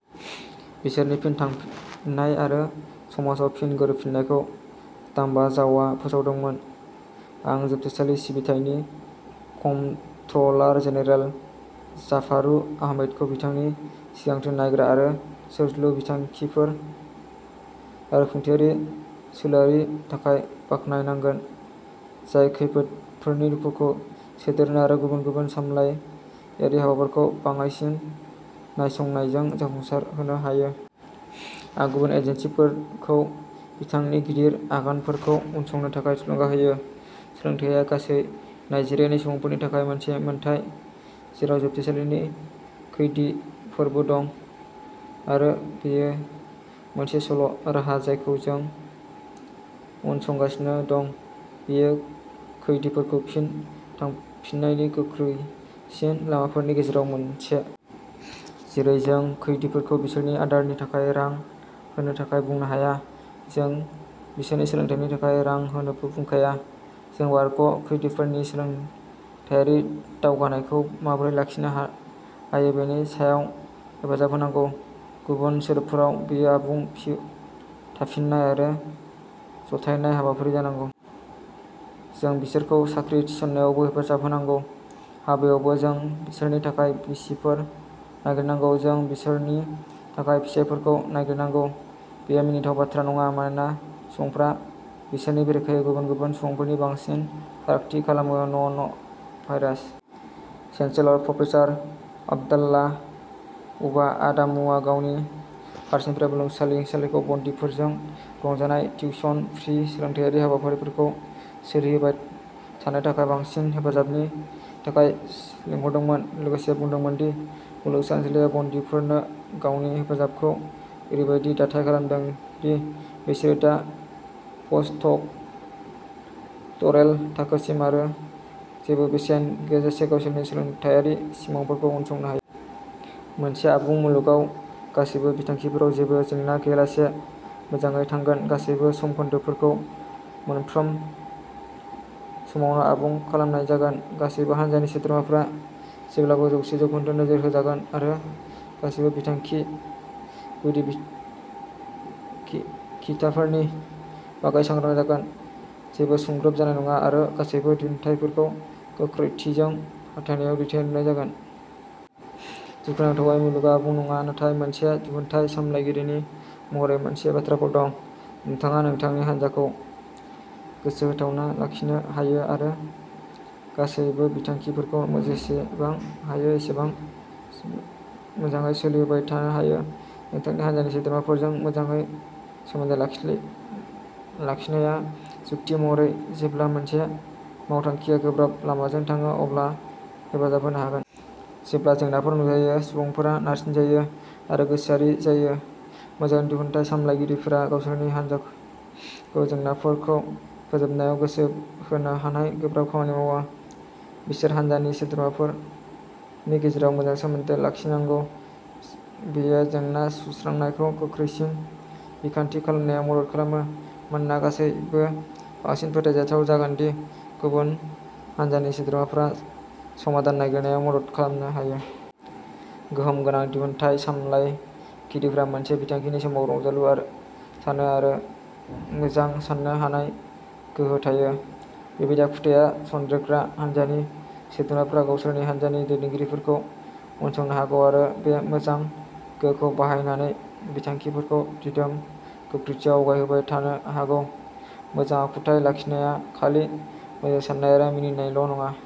बिसोरनि फिन थाफिन्नाय आरो समाजआव फिन गोरोबफिन्नायखौ दाम्बाजाउआ फोसावदोंमोन आं जोबथेसालि सिबिथायनि कमप्ट्रोलार जेनेरेल जाफारु आहमेदखौ बिथांनि सिगांथिं नायग्रा आरो सोरजिलु बिथांखिफोर आरो खुंथायारि सोलोआरिनि थाखाय बाख्नायनांगोन, जाय खैदिफोरनि दुखुखौ सोदेरनो आरो गुबुन गुबुन सामलायारि हाबाफोरखौ बाङायसिन नायसंनायजों जाफुंसारहोनो हायो। आं गुबुन एजेन्सिफोरखौ बिथांनि गिदिर आगानफोरखौ उनसंनो थाखाय थुलुंगा होयो। सोलोंथायआ गासै नाइजेरियानि सुबुंफोरनि थाखाय मोनसे मोनथाय, जेराव जोबथेसालिनि खैदिफोरबो दं आरो बेयो मोनसे राहा जायखौ जों उनसंगासिनो दं। बेयो खैदिफोरखौ फिन थाफिननायनि गोख्रैसिन लामाफोरनि गेजेराव मोनसे। जेरै जों खैदिफोरखौ बिसोरनि आदारनि थाखाय रां होनो थाखाय बुंनो हाया, जों बिसोरखौ सोलोंथाइनि थाखाय रां होनोबो बुंखाङा। जों बारग' खैदिफोरनि सोलोंथायारि दावगानायखौ माबोरै लाखिनो हायो बेनि सायाव हेफाजाब होनांगौ। गुबुन सोदोबफोराव, बेयो आबुं फिन थाफिननाय आरो जथायनाय हाबाफारि जानांगौ। जों बिसोरखौ साख्रि थिसननायावबो हेफाजाब होनांगौ। हाबायावबो, जों बिसोरनि थाखाय बिसिफोर नागिरनांगौ, जों बिसोरनि थाखाय फिसायफोरखौ नागिरनांगौ। बेयो मिनिथाव बाथ्रा नङा मानोना सुबुंफोरा बिसोरनि बेरेखायै गुबुन गुबुन सुबुंफोरनिख्रुइ बांसिन फारागथि खालामो। न'न भाइस चेन्सेलर, प्रफेसार अब्दाल्ला उबा आदामुआ गावनि फारसेनिफ्राय मुलुगसोलोंसालिखौ बन्दिफोरजों रंजानाय टिउशन-फ्री सोलोंथायारि हाबाफारिफोरखौ सोलिहोबाय थानो थाखाय बांसिन हेफाजाबनि थाखाय लिंहरदोंमोन, लोगोसे बुंदोंमोन दि मुलुगसोलोंसालिया बन्दिफोरनो गावनि हेफाजाबखौ ओरैबायदि दाथाय खालामदों दि बिसोरो दा पस्टड'क'टरेल थाखोसिम आरो जेबो बेसेन गैयालासे गावसोरनि सोलोंथायारि सिमांफोरखौ उनसंनो हा। मोनसे आबुं मुलुगाव, गासैबो बिथांखिफोरा जेबो जेंना गैयालासे मोजाङै थांगोन। गासैबो समखोन्दोफोरखौ मोनफ्रोम समावनो आबुं खालामनाय जागोन। गासैबो हानजानि सोद्रोमाफोरा जेब्लाबो जौसे जौखोन्दो नोजोर होजागोन आरो गासैबो बिथांखि गुदि-खिथाफोरनि बागै सांग्रां जागोन। जेबो सुंज्रोब जानाय नङा, आरो गासैबो दिहुनथायफोरखौ गोख्रैथिजों हाथायाव दैथायहरनाय जागोन। दुखुनांथावै, मुलुगआ आबुं नङा। नाथाय मोनसे दिहुनथाय सामलायगिरि महरै, माखासे बाथ्राफोर दं। नोंथाङा नोंथांनि हान्जाखौ गोसो होथाबना लाखिनो हायो आरो गासैबो बिथांखिफोरखौ जेसेबां हायो एसेबां मोजाङै सोलिहोबाय थानो हायो। नोंथांनि हान्जानि सोद्रोमाफोरजों मोजां सोमोन्दो लाखिनाया, जुक्ति महरै, जेब्ला मोनसे मावथांखिआ गोब्राब लामाजों थाङो अब्ला हेफाजाब होगोन। जेब्ला जेंनाफोर नुजायो, सुबुंफोरा नारसिनजायो आरो गोसोआरि जायो; मोजां दिहुनथाय सामलायगिरिफोरा गावसोरनि हान्जाखौ जेंनाफोरखौ फोजोबनायाव गोसो होनो थाखाय गोब्राब खामानि मावो। बिसोर हानजानि सोद्रोमाफोरनि गेजेराव मोजां सोमोन्दो लाखिनांगौ-बेयो जेंना-सुस्रांनायखौ गोख्रैसिन बिखान्थि खालामनायाव मदद खालामो, मानोना गासैबो बांसिन फोथायजाथाव जागोन दि गुबुन हान्जानि सोद्रोमाफोरा समाधान नागिरनायाव मदद खालामनो हायो। गोहोम गोनां दिहुनथाय सामलायगिरिफोरा मोनसे बिथांखिनि समाव रंजालु आरो थानो आरो मोजां साननो हानाय गोहो थायो। बेबादि आखुथाया सनदेरग्रा हानजानि सोद्रोमाफोरा गावसोरनि हानजानि दैदेनगिरिफोरखौ उनसंनो हागौ आरो बे मोजां गोहोखौ बाहायनानै बिथांखिफोरखौ दिदोम गोख्रैथियाव आवगायहोबाय थानो हागौ। मोजां आखुथाय लाखिनाया खालि मोजां साननाय आरो मिनिनायल' नङा।